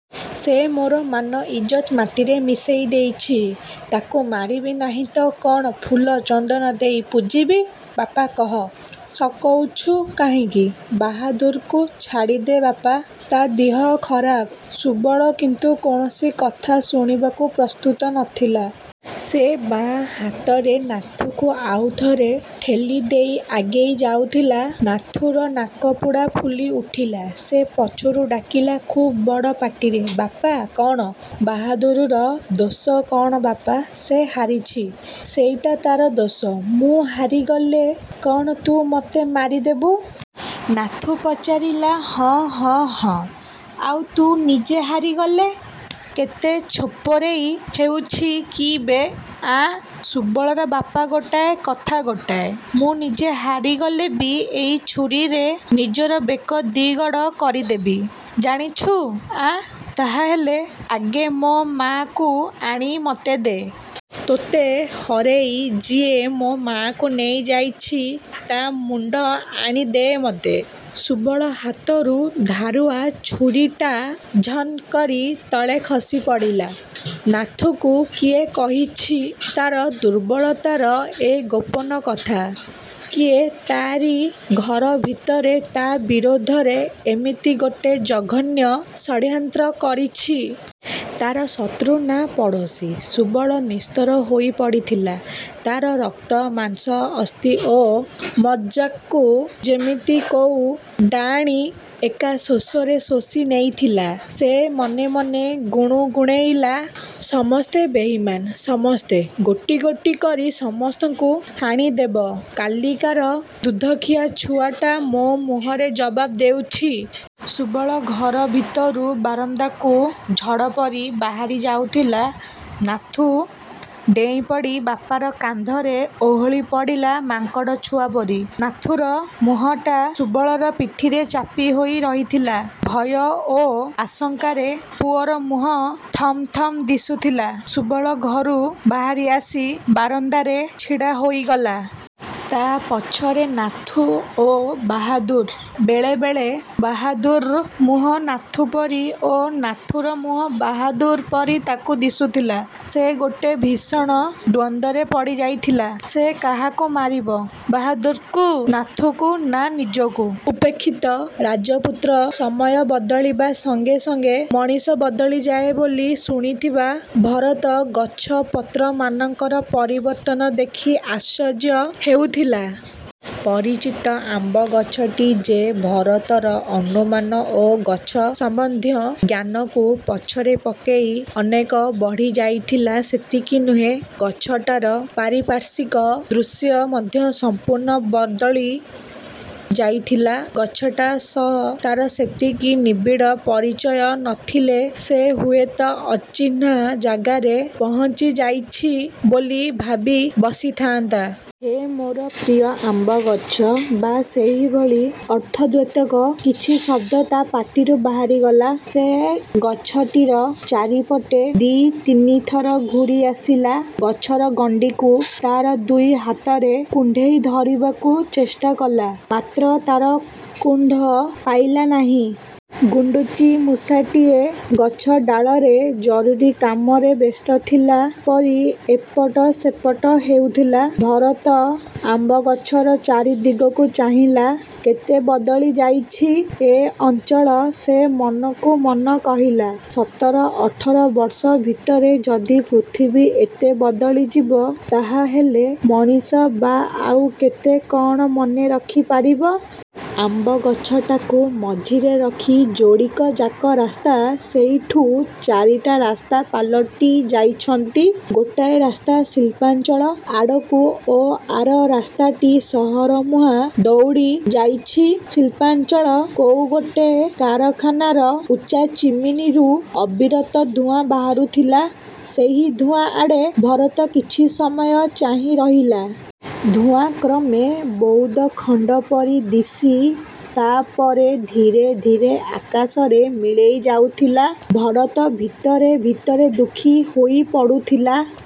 "ସେ ମୋର ମାନ ଇଜ୍ଜତ ମାଟିରେ ମିଶେଇ ଦେଇଛି। ତାକୁ ମାରିବି ନାହିଁ ତ କଣ ଫୁଲ ଚନ୍ଦନ ଦେଇ ପୂଜିବି?" "ବାପା!" "କହ। ସକଉଛୁ କାହିଁକି?" "ବାହାଦୁରକୁ ଛାଡ଼ିଦେ ବାପା। ତା ଦିହ ଖରାପ।" ସୁବଳ କିନ୍ତୁ କୌଣସି କଥା ଶୁଣିବାକୁ ପ୍ରସ୍ତୁତ ନଥିଲା। ସେ ବାଁ ହାତରେ ନାଥୁକୁ ଆଉ ଥରେ ଠେଲିଦେଇ ଆଗେଇ ଯାଉଥିଲା। ନାଥୁର ନାକପୁଡ଼ା ଫୁଲି ଉଠିଲା। ସେ ପଛରୁ ଡାକିଲା, ଖୁବ୍ ବଡ଼ ପାଟିରେ, "ବାପା!" "କଣ?" "ବାହାଦୁରର ଦୋଷ କଣ ବାପା?" "ସେ ହାରିଛି। ସେଇଟା ତାର ଦୋଷ।" "ମୁଁ ହାରିଗଲେ କଣ ତୁ ମୋତେ ମାରିଦେବୁ?" ନାଥୁ ପଚାରିଲା। "ହଁ, ହଁ, ହଁ।" "ଆଉ ତୁ ନିଜେ ହାରିଗଲେ?" "କେତେ ଛୋପରେଇ ହେଉଛି କିବେ, ଆଁ!" ସୁବଳର ବାପ ଗୋଟାଏ, କଥା ଗୋଟାଏ। "ମୁଁ ନିଜେ ହାରିଗଲେ ବି ଏଇ ଛୁରୀରେ ନିଜର ବେକ ଦିଗଡ଼ କରିଦେବି। ଜାଣିଛୁ, ଆଁ!" "ତାହାହେଲେ ଆଗେ ମୋ ମାଆକୁ ଆଣି ମୋତେ ଦେ। ତୋତେ ହରେଇ ଯିଏ ମୋ ମାଆକୁ ନେଇଯାଇଛି ତା ମୁଣ୍ଡ ଆଣି ଦେ ମୋତେ" ସୁବଳ ହାତରୁ ଧାରୁଆ ଛୁରୀଟା ଝଣ୍ କରି ତଳେ ଖସିପଡ଼ିଲା। ନାଥୁକୁ କିଏ କହିଛି ତାର ଦୁର୍ବଳତାର ଏ ଗୋପନ କଥା? କିଏ ତାରି ଘର ଭିତରେ ତା ବିରୋଧରେ ଏମିତି ଗୋଟେ ଜଘନ୍ୟ ଷଡ୍ଯନ୍ତ୍ର କରିଛି? ତାର ଶତ୍ରୁ ନା ପଡ଼ୋଶୀ? ସୁବଳ ନିସ୍ତର ହୋଇପଡ଼ିଥିଲା। ତାର ରକ୍ତ, ମାଂସ, ଅସ୍ଥି ଓ ମଜ୍ଜାକୁ ଯେମିତି କୋଉ ଡାଆଣୀ ଏକା ଶୋଷରେ ଶୋଷି ନେଇଥିଲା। ସେ ମନେ ମନେ ଗୁଣୁଗୁଣେଇଲା, 'ସମସ୍ତେ ବେଇମାନ୍। ସମସ୍ତେ। ଗୋଟି ଗୋଟି କରି ସମସ୍ତଙ୍କୁ ହାଣିଦେବ। କାଲିକାର ଦୁଧଖିଆ ଛୁଆଟା ମୋ ମୁହଁରେ ଜବାବ ଦେଉଛି!' ସୁବଳ ଘର ଭିତରୁ ବାରନ୍ଦାକୁ ଝଡ଼ ପରି ବାହାରି ଯାଉଥିଲା। ନାଥୁ ଡେଇଁପଡ଼ି ବାପର କାନ୍ଧରେ ଓହଳିପଡ଼ିଲା ମାଙ୍କଡ଼ ଛୁଆ ପରି। ନାଥୁର ମୁହଁଟା ସୁବଳର ପିଠିରେ ଚାପି ହୋଇ ରହିଥିଲା। ଭୟ ଓ ଆଶଙ୍କାରେ ପୁଅର ମୁହଁ ଥମଥମ ଦିଶୁଥିଲା। ସୁବଳ ଘରୁ ବାହାରି ଆସି ବାରନ୍ଦାରେ ଛିଡ଼ା ହୋଇଗଲା। ତା ପଛରେ ନାଥୁ ଓ ବାହାଦୁର୍। ବେଳେବେଳେ ବାହାଦୁର୍ର ମୁହଁ ନାଥୁ ପରି ଓ ନାଥୁର ମୁହଁ ବାହାଦୁର୍ ପରି ତାକୁ ଦିଶୁଥିଲା। ସେ ଗୋଟେ ଭୀଷଣ ଦ୍ୱନ୍ଦ୍ୱରେ ପଡ଼ିଯାଇଥିଲା। ସେ କାହାକୁ ମାରିବ? ବାହାଦୁର୍କୁ? ନାଥୁକୁ? ନା ନିଜକୁ? ଉପେକ୍ଷିତ ରାଜପୁତ୍ର ସମୟ ବଦଳିବା ସଙ୍ଗେ ସଙ୍ଗେ ମଣିଷ ବଦଳିଯାଏ ବୋଲି ଶୁଣିଥିବା ଭରତ ଗଛପତ୍ରମାନଙ୍କର ପରିବର୍ତ୍ତନ ଦେଖି ଆଶ୍ଚର୍ଯ୍ୟ ହେଉଥିଲା। ପରିଚିତ ଆମ୍ବ ଗଛଟି ଯେ ଭରତର ଅନୁମାନ ଓ ଗଛ ସମ୍ବନ୍ଧୀୟ ଜ୍ଞାନକୁ ପଛରେ ପକେଇ ଅନେକ ବଢ଼ିଯାଇଥିଲା ସେତିକି ନୁହେଁ, ଗଛଟାର ପାରିପାର୍ଶ୍ୱିକ ଦୃଶ୍ୟ ମଧ୍ୟ ସଂପୂର୍ଣ୍ଣ ବଦଳି ଯାଇଥିଲା। ଗଛଟା ସହ ତାର ସେତିକି ନିବିଡ଼ ପରିଚୟ ନଥିଲେ ସେ ହୁଏତ ଅଚିହ୍ନା ଜାଗାରେ ପହଞ୍ଚିଯାଇଛି ବୋଲି ଭାବିବସିଥାନ୍ତା। 'ହେ ମୋର ପ୍ରିୟ ଆମ୍ବଗଛ' ବା ସେହିଭଳି ଅର୍ଥଦ୍ୟୋତକ କିଛି ଶବ୍ଦ ତା ପାଟିରୁ ବାହାରିଗଲା। ସେ ଗଛଟିର ଚାରିପଟେ ଦି ତିନିଥର ଘୂରି ଆସିଲା, ଗଛର ଗଣ୍ଡିକୁ ତାର ଦୁଇ ହାତରେ କୁଣ୍ଢେଇ ଧରିବାକୁ ଚେଷ୍ଟା କଲା, ମାତ୍ର ତାର କୁଣ୍ଢ ପାଇଲା ନାହିଁ। ଗୁଣ୍ଡୁଚିମୂଷାଟିଏ ଗଛ ଡାଳରେ ଜରୁରୀ କାମରେ ବ୍ୟସ୍ତ ଥିଲା ପରି ଏପଟ ସେପଟ ହେଉଥିଲା। ଭରତ ଆମ୍ବଗଛର ଚାରିଦିଗକୁ ଚାହିଁଲା। କେତେ ବଦଳିଯାଇଛି ଏ ଅଞ୍ଚଳ ସେ ମନକୁ ମନ କହିଲା। ସତର-ଅଠର ବର୍ଷ ଭିତରେ ଯଦି ପୃଥିବୀ ଏତେ ବଦଳିଯିବ ତାହାହେଲେ ମଣିଷ ବା ଆଉ କେତେ କଣ ମନେ ରଖିପାରିବ? ଆମ୍ବଗଛଟାକୁ ମଝିରେ ରଖି ଯୋଡ଼ିକଯାକ ରାସ୍ତା ସେଇଠୁ ଚାରିଟା ରାସ୍ତା ପାଲଟି ଯାଇଛନ୍ତି। ଗୋଟାଏ ରାସ୍ତା ଶିଳ୍ପାଞ୍ଚଳ ଆଡ଼କୁ ଓ ଆର ରାସ୍ତାଟି ସହରମୁହାଁ ଦଉଡ଼ି ଯାଇଛି। ଶିଳ୍ପାଞ୍ଚଳ କୋଉ ଗୋଟେ କାରଖାନାର ଉଚ୍ଚା ଚିମିନୀରୁ ଅବିରତ ଧୂଆଁ ବାହାରୁଥିଲା। ସେହି ଧୂଆଁ ଆଡ଼େ ଭରତ କିଛି ସମୟ ଚାହିଁ ରହିଲା। ଧୂଆଁ କ୍ରମେ ବଉଦଖଣ୍ଡ ପରି ଦିଶି ତାପରେ ଧୀରେ ଧୀରେ ଆକାଶରେ ମିଳେଇ ଯାଉଥିଲା। ଭରତ ଭିତରେ ଭିତରେ ଦୁଃଖୀ ହୋଇପଡ଼ୁଥିଲା।